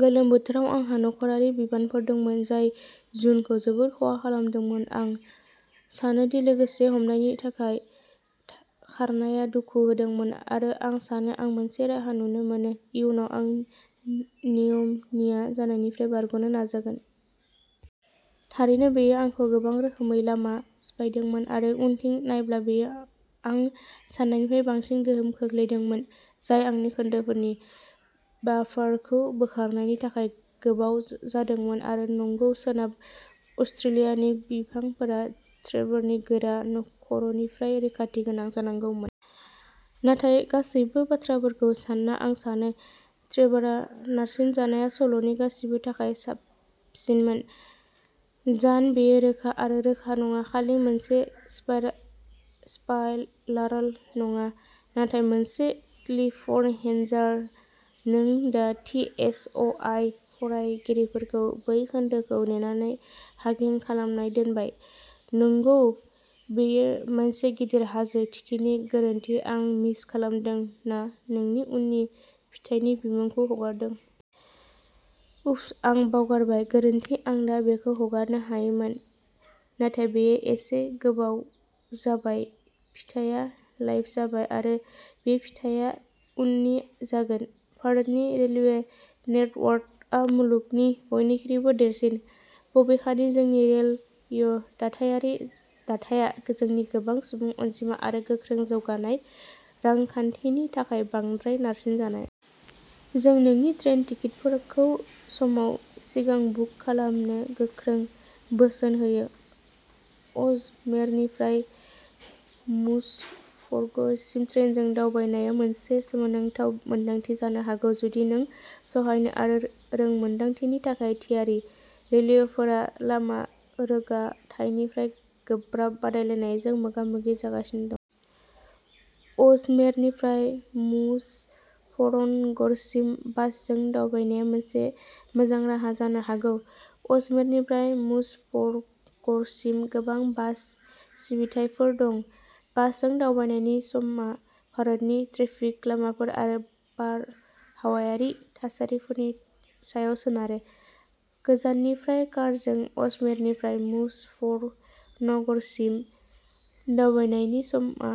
गोलोम बोथोराव आंहा नखरारि बिबानफोर दंमोन जाय जुनखौ जोबोद खहा खालामदोंमोन। आं सानो दि लोगोसे हमनायनि थाखाय खारनाया दुखु होदोंमोन आरो आं सानो आं मोनसे राहा नुनो मोनो इयुनाव आं निउम'निया जानायनिफ्राय बारग'नो नाजागोन। थारैनो बेयो आंखौ गोबां रोखोमै लामा सिफायदोंमोन आरो उनथिं नायब्ला बेयो आं सान्नायनिफ्राय बांसिन गोहोम खोख्लैदोंमोन जाय आंनि खोन्दोफोरनि बाफारखौ बोखारनायनि थाखाय गोबाव जादोंमोन आरो नंगौ सोनाब अस्ट्रेलियानि बिफांफोरा ट्रेवरनि गोरा खर'निफ्राय रैखाथि गोनां जानांगौमोन। नाथाय गासैबो बाथ्राफोरखौ सान्ना आं सानो ट्रेवरआ नारसिननाया सल'नि गासिबो थाखाय साबसिनमोन। जान बेयो रोखा आरो रोखा नङा खालि मोनसे स्पइलारल' नङा नाथाय मोनसे क्लिफहेन्जार! नों दा थि एस अ आइ फरायगिरिफोरखौ बै खोन्दोखौ नेनानै हांगिं खालामना दोनबाय नंगौ बेयो मोनसे गिदिर हाजो थिखिनि गोरोन्थि आं मिस खालामदों ना नों उननि फिथाइनि बिमुंखौ हगारदों? उफ्स आं बावगारबाय गोरोन्थि आं दा बेखौ हगारनो हायोमोन नाथाय बेयो एसे गोबाव जाबाय फिथाया लाइभ जाबाय आरो बे फिथाया उननि जागोन। भारतनि रेलवे नेटवर्कआ मुलुगनि बयनिख्रुइबो देरसिन। बबेखानि जोंनि रेलवे दाथायारि दाथाइया जोंनि गोबां सुबुं अनजिमा आरो गोख्रै जौगानाय रांखान्थिनि थाखाय बांद्राय नारसिनजानाय। जों नोंनि ट्रेन टिकेटफोरखौ समाव सिगां बुक खालामनो गोख्रों बोसोन होयो। अजमेरनिफ्राय मुजफ्फरनगरसिम ट्रेनजों दावबायनाया मोनसे सोमोनांथाव मोनदांथि जानो हागौ जुदि नों सहायनो आरो रोंमोन्दांथिनि थाखाय थियारि। रेलवेफोरा लामा रोगाथाइनिफ्राय गोब्राब बादायलायनायजों मोगा-मोगि जागासिनो दं। अजमेरनिफ्राय मुजफ्फरनगरसिम बासजों दावबायनाया मोनसे मोजां राहा जानो हागौ। अजमेरनिफ्राय मुजफ्फरनगरसिम गोबां बास सिबिथायफोर दं। बासजों दावबायनायनि समा भारतनि ट्रेफिक लामाफोर आरो बारहावायारि थासारिफोरनि सायाव सोनारो। गोजाननिफ्राय कारजों अजमेरनिफ्राय मुजफ्फरनगरसिम दावबायनायनि समा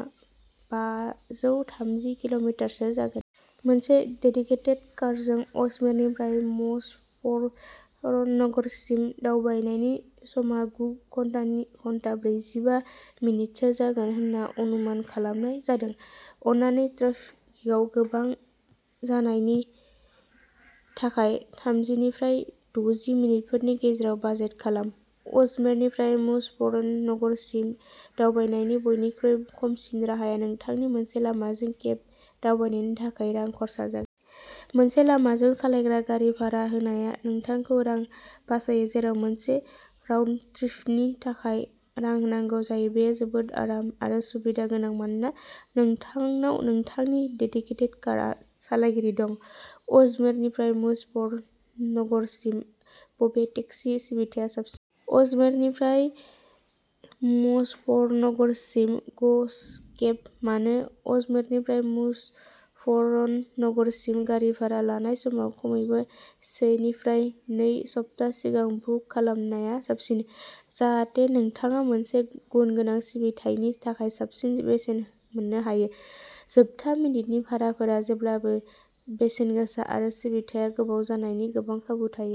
बाजौ थामजि किल'मिटारसो जागोन। मोनसे डेडिकेटेड कारजों अजमेरनिफ्राय मुजफ्फरनगरसिम दावबायनायनि समआ गु घन्टाब्रैजिबा मिनिटसो जागोन होनना अनुमान खालामनाय जादों। अन्नानै ट्राफिकाव गोबाव जानायनि थाखाय थामजिनिफ्राय दजि मिनिटफोरनि गेजेराव बाजेट खालाम। अजमेरनिफ्राय मुजफ्फरनगरसिम दावबायनायनि बयनिख्रुइ खमसिन राहाया नोंथांनो मोनसे लामाजों केब दावबायनायनि थाखाय रां खर्सा जागोन। मोनसे लामाजों सालायग्रा गारि भारा होनाया नोंथांखौ रां बासायो जेराव मोनसे राउन्ड ट्रिपनि थाखाय रां होनांगौ जायो। बेयो जोबोद आराम आरो सुबिदा गोनां मानोना नोंथांनाव नोंथांनि डेडिकेटेड कारआव सालायगिरि दं। अजमेरनिफ्राय मुजफ्फरनगरसिम बबे टेक्सि सिबिथाया साबसिन? अजमेरनिफ्राय मुजफ्फरनगरसिम ग'ज'केब मानो? अजमेरनिफ्राय मुजफ्फरनगरसिम गारि भारा लानाय समाव खमैबो सेनिफ्राय नै सप्ता सिगां बुक खालामनाया साबसिन जाहाथे नोंथाङा मोनसे गुनगोनां सिबिथायनि थाखाय साबसिन बेसेन मोननो हायो। जोबथा मिनिटनि भाराफोरा जेब्लाबो बेसेन गोसा आरो सिबिथाया गोबाव जानायनि गोबां खाबु थायो।